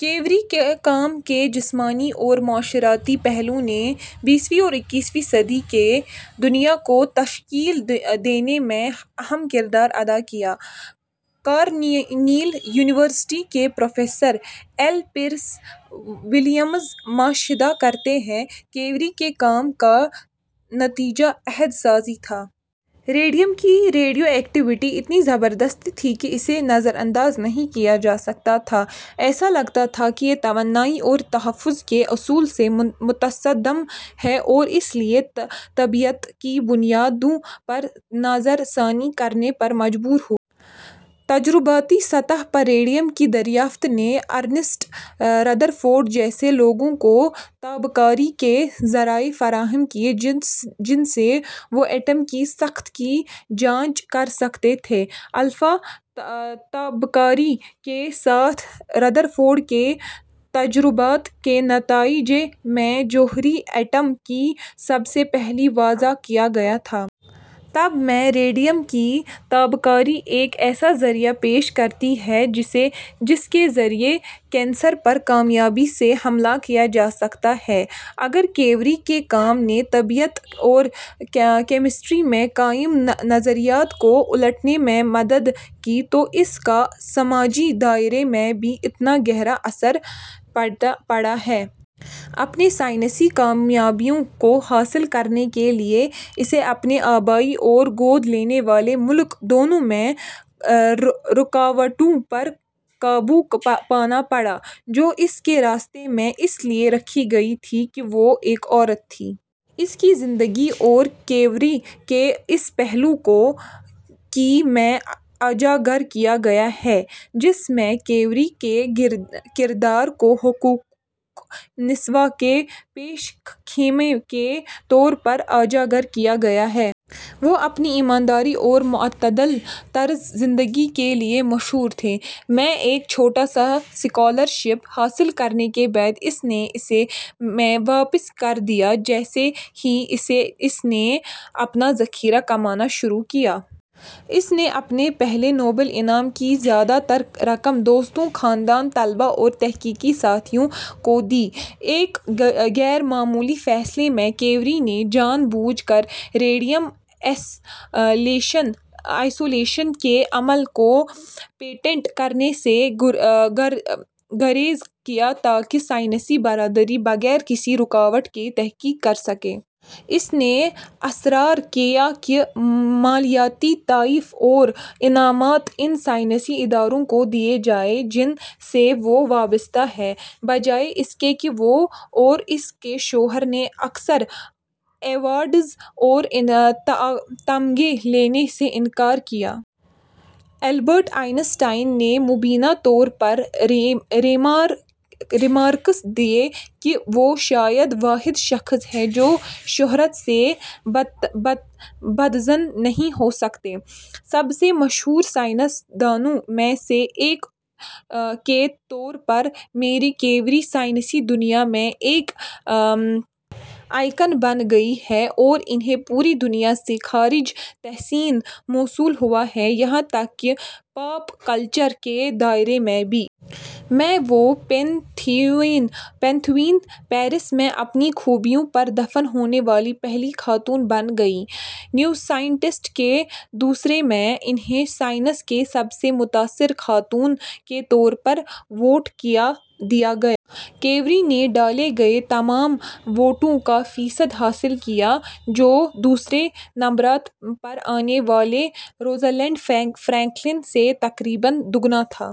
Curie کے کام کے جسمانی اور معاشرتی پہلوؤں نے بیسویں اور اکیسویں صدی کی دنیا کو تشکیل دینے میں اہم کردار ادا کیا۔ کارنیل یونیورسٹی کے پروفیسر ایل پیئرس ولیمز مشاہدہ کرتے ہیں: کیوری کے کام کا نتیجہ عہد سازی تھا۔ ریڈیم کی ریڈیو ایکٹیویٹی اتنی زبردست تھی کہ اسے نظر انداز نہیں کیا جا سکتا تھا۔ ایسا لگتا تھا کہ یہ توانائی کے تحفظ کے اصول سے متصادم ہے اور اس لیے طبیعیات کی بنیادوں پر نظر ثانی کرنے پر مجبور ہوا۔ تجرباتی سطح پر ریڈیم کی دریافت نے ارنسٹ ردرفورڈ جیسے لوگوں کو تابکاری کے ذرائع فراہم کیے جن سے وہ ایٹم کی ساخت کی جانچ کر سکتے تھے۔ الفا تابکاری کے ساتھ ردر فورڈ کے تجربات کے نتیجے میں، جوہری ایٹم کو سب سے پہلے وضع کیا گیا تھا۔ طب میں، ریڈیم کی تابکاری ایک ایسا ذریعہ پیش کرتی ہے جس کے ذریعے کینسر پر کامیابی سے حملہ کیا جا سکتا ہے۔ اگر کیوری کے کام نے طبیعیات اور کیمسٹری میں قائم نظریات کو الٹنے میں مدد کی، تو اس کا سماجی دائرے میں بھی اتنا ہی گہرا اثر پڑا ہے۔ اپنی سائنسی کامیابیوں کو حاصل کرنے کے لیے، اسے اپنے آبائی اور گود لینے والے ملک دونوں میں رکاوٹوں پر قابو پانا پڑا، جو اس کے راستے میں اس لیے رکھی گئی تھیں کہ وہ ایک عورت تھی۔ اس کی زندگی اور کیریئر کے اس پہلو کو کی: میں اجاگر کیا گیا ہے، جس میں کیوری کے کردار کو حقوق نسواں کے پیش خیمہ کے طور پر اجاگر کیا گیا ہے۔ وہ اپنی ایمانداری اور معتدل طرز زندگی کے لیے مشہور تھیں۔ میں ایک چھوٹا سا اسکالرشپ حاصل کرنے کے بعد، اس نے اسے میں واپس کر دیا جیسے ہی اس نے اپنا ذخیرہ کمانا شروع کیا۔ اس نے اپنے پہلے نوبل انعام کی زیادہ تر رقم دوستوں، خاندان، طلبہ اور تحقیقی ساتھیوں کو دی۔ ایک غیر معمولی فیصلے میں، کیوری نے جان بوجھ کر ریڈیم آئسولیشن کے عمل کو پیٹنٹ کرنے سے گریز کیا تاکہ سائنسی برادری بغیر کسی رکاوٹ کے تحقیق کر سکے۔ اس نے اصرار کیا کہ مالیاتی تحائف اور انعامات ان سائنسی اداروں کو دیے جائیں جن سے وہ وابستہ ہیں بجائے اس کے کہ۔ وہ اور اس کے شوہر نے اکثر ایوارڈز اور تمغے لینے سے انکار کیا۔ البرٹ آئن سٹائن نے مبینہ طور پر ریمارکس دیے کہ وہ شاید واحد شخص ہیں جو شہرت سے بدظن نہیں ہو سکتے۔ سب سے مشہور سائنسدانوں میں سے ایک کے طور پر، میری کیوری سائنسی دنیا میں ایک آئیکن بن گئی ہیں اور انھیں پوری دنیا سے خراج تحسین موصول ہوا ہے، یہاں تک کہ پاپ کلچر کے دائرے میں بھی۔ میں، وہ پینتھیون، پیرس میں اپنی خوبیوں پر دفن ہونے والی پہلی خاتون بن گئیں۔ نیو سائنٹسٹ کے کے سروے میں، انھیں "سائنس کی سب سے متاثر کن خاتون" کے طور پر ووٹ دیا گیا۔ کیوری نے ڈالے گئے تمام ووٹوں کا فیصد حاصل کیا، جو دوسرے نمبر پر آنے والے روزلینڈ فرینکلن سے تقریباً دگنا تھا۔